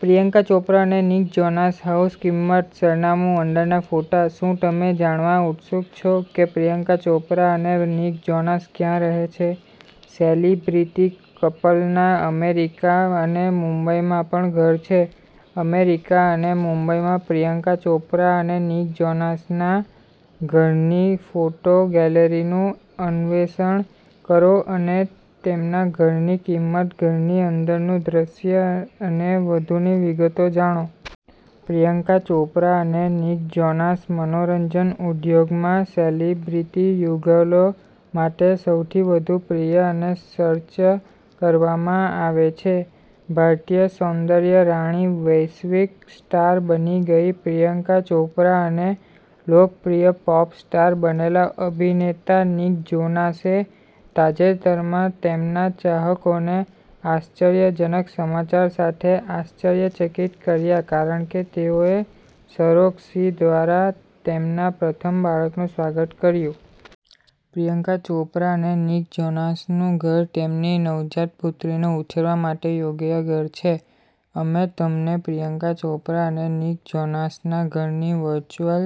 પ્રિયંકા ચોપરા અને Nick Jonas house કિંમત, સરનામું, અંદરના ફોટા શું તમે જાણવા ઉત્સુક છો કે પ્રિયંકા ચોપરા અને નિક જોનાસ ક્યાં રહે છે? સેલિબ્રિટી કપલના અમેરિકા અને મુંબઈમાં પણ ઘર છે. અમેરિકા અને મુંબઈમાં પ્રિયંકા ચોપરા અને નિક જોનાસના ઘરની ફોટો ગેલેરીનું અન્વેષણ કરો અને તેમના ઘરની કિંમત, ઘરની અંદરનું દૃશ્ય અને વધુની વિગતો જાણો. પ્રિયંકા ચોપરા અને નિક જોનાસ મનોરંજન ઉદ્યોગમાં સેલિબ્રિટી યુગલો માટે સૌથી વધુ પ્રિય અને સર્ચ કરવામાં આવે છે. ભારતીય સૌંદર્ય રાણી વૈશ્વિક સ્ટાર બની ગઈ પ્રિયંકા ચોપરા અને લોકપ્રિય પોપ સ્ટાર બનેલા અભિનેતા નિક જોનાસે તાજેતરમાં તેમના ચાહકોને આશ્ચર્યજનક સમાચાર સાથે આશ્ચર્યચકિત કર્યા કારણ કે તેઓએ સરોગસી દ્વારા તેમના પ્રથમ બાળકનું સ્વાગત કર્યું. પ્રિયંકા ચોપરા અને નિક જોનાસનું ઘર તેમની નવજાત પુત્રીને ઉછેરવા માટે યોગ્ય ઘર છે. અમે તમને પ્રિયંકા ચોપરા અને નિક જોનાસના ઘરની વર્ચ્યુઅલ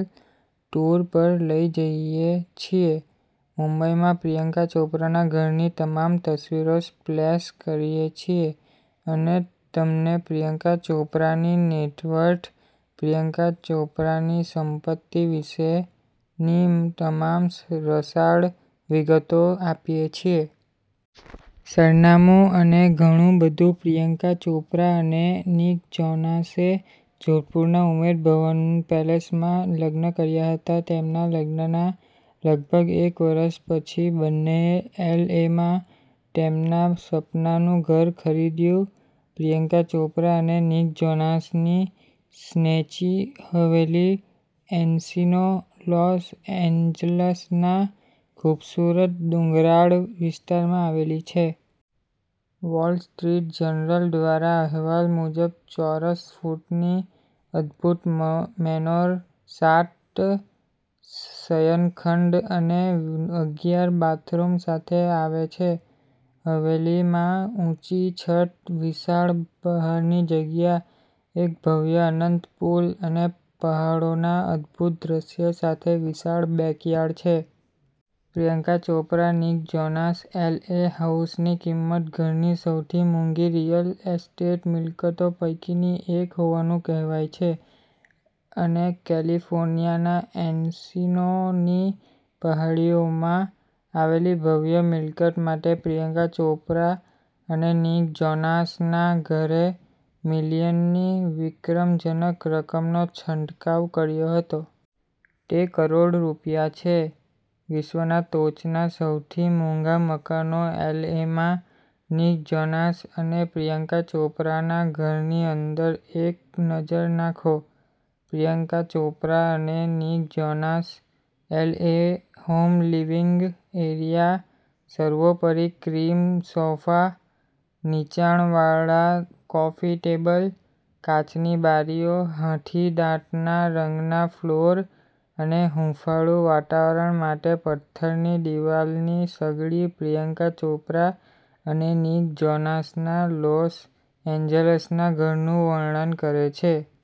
ટૂર પર લઈ જઈએ છીએ, મુંબઈમાં પ્રિયંકા ચોપરાના ઘરની તમામ તસવીરો સ્પ્લેશ કરીએ છીએ અને તમને પ્રિયંકા ચોપરાની નેટવર્થ, પ્રિયંકા ચોપરાની સંપત્તિ વિશેની તમામ રસાળ વિગતો આપીએ છીએ. સરનામું અને ઘણું બધું. પ્રિયંકા ચોપરા અને નિક જોનાસે જોધપુરના ઉમેદ ભવન પેલેસમાં લગ્ન કર્યા હતા. તેમના લગ્નના લગભગ એક વર્ષ પછી બંનેએ એલએમાં તેમના સપનાનું ઘર ખરીદ્યું. પ્રિયંકા ચોપરા અને નિક જોનાસની સ્નેઝી હવેલી એન્સિનો લોસ એન્જલસના ખૂબસૂરત ડુંગરાળ વિસ્તારમાં આવેલી છે. વોલ સ્ટ્રીટ જર્નલ દ્વારા અહેવાલ મુજબ, ચોરસ ફૂટની અદભૂત મેનોર સાત શયનખંડ અને અગિયાર બાથરૂમ સાથે આવે છે. હવેલીમાં ઊંચી છત, વિશાળ બહારની જગ્યા, એક ભવ્ય અનંત પૂલ અને પહાડોના અદભૂત દૃશ્ય સાથે વિશાળ બેકયાર્ડ છે. Priyanka Chopra Nick Jonas L હાઉસની કિંમત ઘરની સૌથી મોંઘી રિયલ એસ્ટેટ મિલકતો પૈકીની એક હોવાનું કહેવાય છે અને કેલિફોર્નિયાના એન્સિનોની પહાડીઓમાં આવેલી ભવ્ય મિલકત માટે પ્રિયંકા ચોપરા અને નિક જોનાસના ઘરે મિલિયનની વિક્રમજનક રકમનો છંટકાવ કર્યો હતો. તે કરોડ રૂપિયા છે. વિશ્વના ટોચના સૌથી મોંઘા મકાનો એલએમાં નિક જોનાસ અને પ્રિયંકા ચોપરાના ઘરની અંદર એક નજર નાખો. પ્રિયંકા ચોપરા અને Nick Jonas LA home living area સર્વોપરી ક્રીમ સોફા, નીચાણ વાળા કોફી ટેબલ, કાચની બારીઓ, હાથીદાંતના રંગના ફ્લોર અને હૂંફાળું વાતાવરણ માટે પથ્થરની દીવાલની સગડી પ્રિયંકા ચોપરા અને નિક જોનાસના લોસ એન્જલસના ઘરનું વર્ણન કરે છે.